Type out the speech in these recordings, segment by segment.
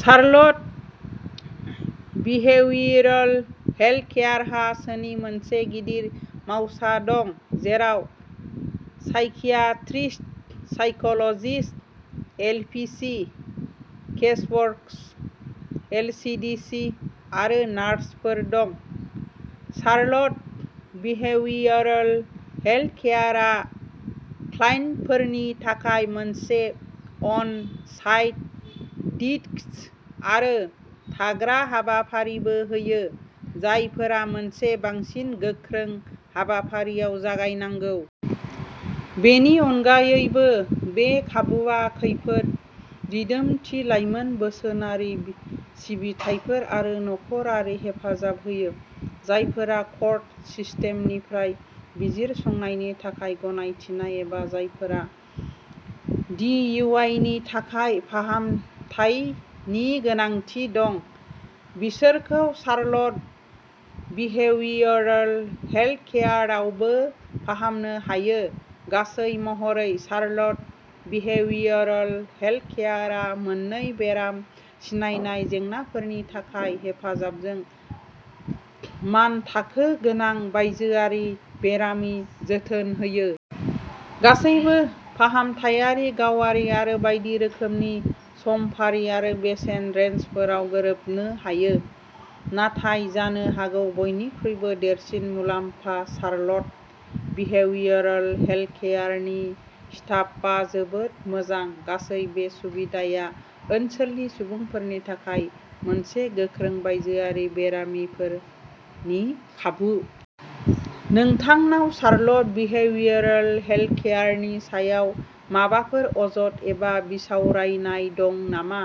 Charlotte behavioural हेल्थकेयारहा सोनि मोनसे गिदिर मावसा दं, जेराव psychiatrist, psychologist, LPC, caseworkers, LCDC आरो नार्सफोर दं। शार्लट बिहेवियरल हेल्थकेयारआ क्लाइन्टफोरनि थाखाय मोनसे अन-साइट डिटक्स आरो थाग्रा हाबाफारिबो होयो, जायफोरा मोनसे बांसिन गोख्रों हाबाफारियाव जागायनांगौ। बेनि अनगायैबो, बे खाबुआ खैफोद दिदोमथि, लाइमोन बोसोनारि सिबिथाइफोर आरो नखरारि हेफाजाब होयो। जायफोरा कर्ट सिस्टेमनिफ्राय बिजिरसंनायनि थाखाय गनायथिनाय एबा जायफोरा डिइउआइनि थाखाय फाहामथायनि गोनांथि दं, बिसोरखौ शार्लट बिहेवियरल हेल्थकेयारआवबो फाहामनो हायो। गासै महरै, शार्लट बिहेवियरल हेल्थकेयारआ मोन्नै बेराम सिनायनाय जेंनाफोरनि थाखाय हेफाजाबजों मानथाखो गोनां बायजोआरि बेरामि जोथोन होयो। गासैबो फाहामथायारि गावारि आरो बायदि रोखोमनि समफारि आरो बेसेन रेन्जफोराव गोरोबनो हायो, नाथाय जानो हागौ बयनिख्रुइबो देरसिन मुलाम्फा शार्लट बिहेवियरल हेल्थकेयारनि स्टाफआ जोबोद मोजां। गासै बे सुबिदाया ओनसोलनि सुबुंफोरनि थाखाय मोनसे गोख्रों बायजोआरि बेरामिफोरनि खाबु। नोंथांनाव शार्लट बिहेवियरल हेल्थकेयारनि सायाव माबाफोर अजद एबा बिसावरायनाय दं नामा?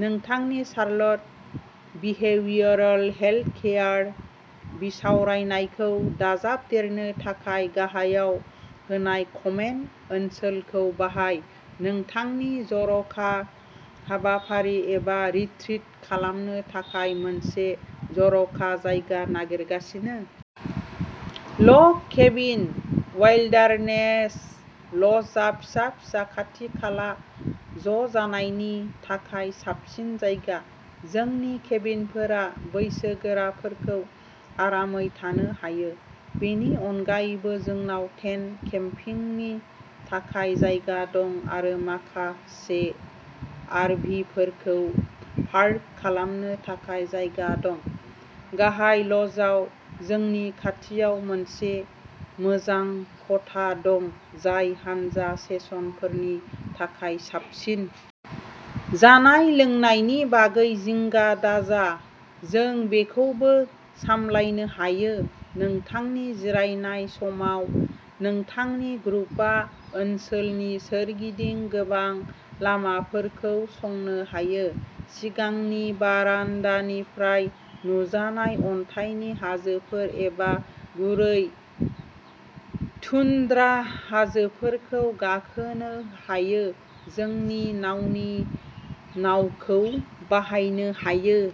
नोंथांनि शार्लट बिहेवियरल हेल्थकेयार बिसावरायनायखौ दाजाबदेरनो थाखाय गाहायाव होनाय कमेन्ट ओनसोलखौ बाहाय। नोंथांनि जर'खा हाबाफारि एबा रिट्रिट खालामनो थाखाय मोनसे जर'खा जायगा नागिरगासिनो? लग केबिन वाइल्डारनेस ल'जआ फिसा-फिसा खाथि-खाला ज'जानायनि थाखाय साबसिन जायगा। जोंनि केबिनफोरा बैसोगोराफोरखौ आरामै थानो हायो। बेनि अनगायैबो जोंनाव टेन्ट केम्पिंनि थाखाय जायगा दं आरो माखासे आरभिफोरखौ पार्क खालामनो थाखाय जायगा दं। गाहाय ल'जआव जोंनि खाथियाव मोनसे मोजां खथा दं जाय हानजा सेसनफोरनि थाखाय साबसिन। जानाय-लोंनायनि बागै जिंगा दाजा, जों बेखौबो सामलायनो हायो। नोंथांनि जिरायनाय समाव नोंथांनि ग्रुपआ ओनसोलनि सोरगिदिं गोबां लामाफोरखौ संनो हायो, सिगांनि बारान्दानिफ्राय नुजानाय अन्थाइनि हाजोफोर एबा गुरै टुन्ड्रा हाजोफोरखौ गाखोनो हायो, जोंनि नावनि नावखौ बाहायनो हायो।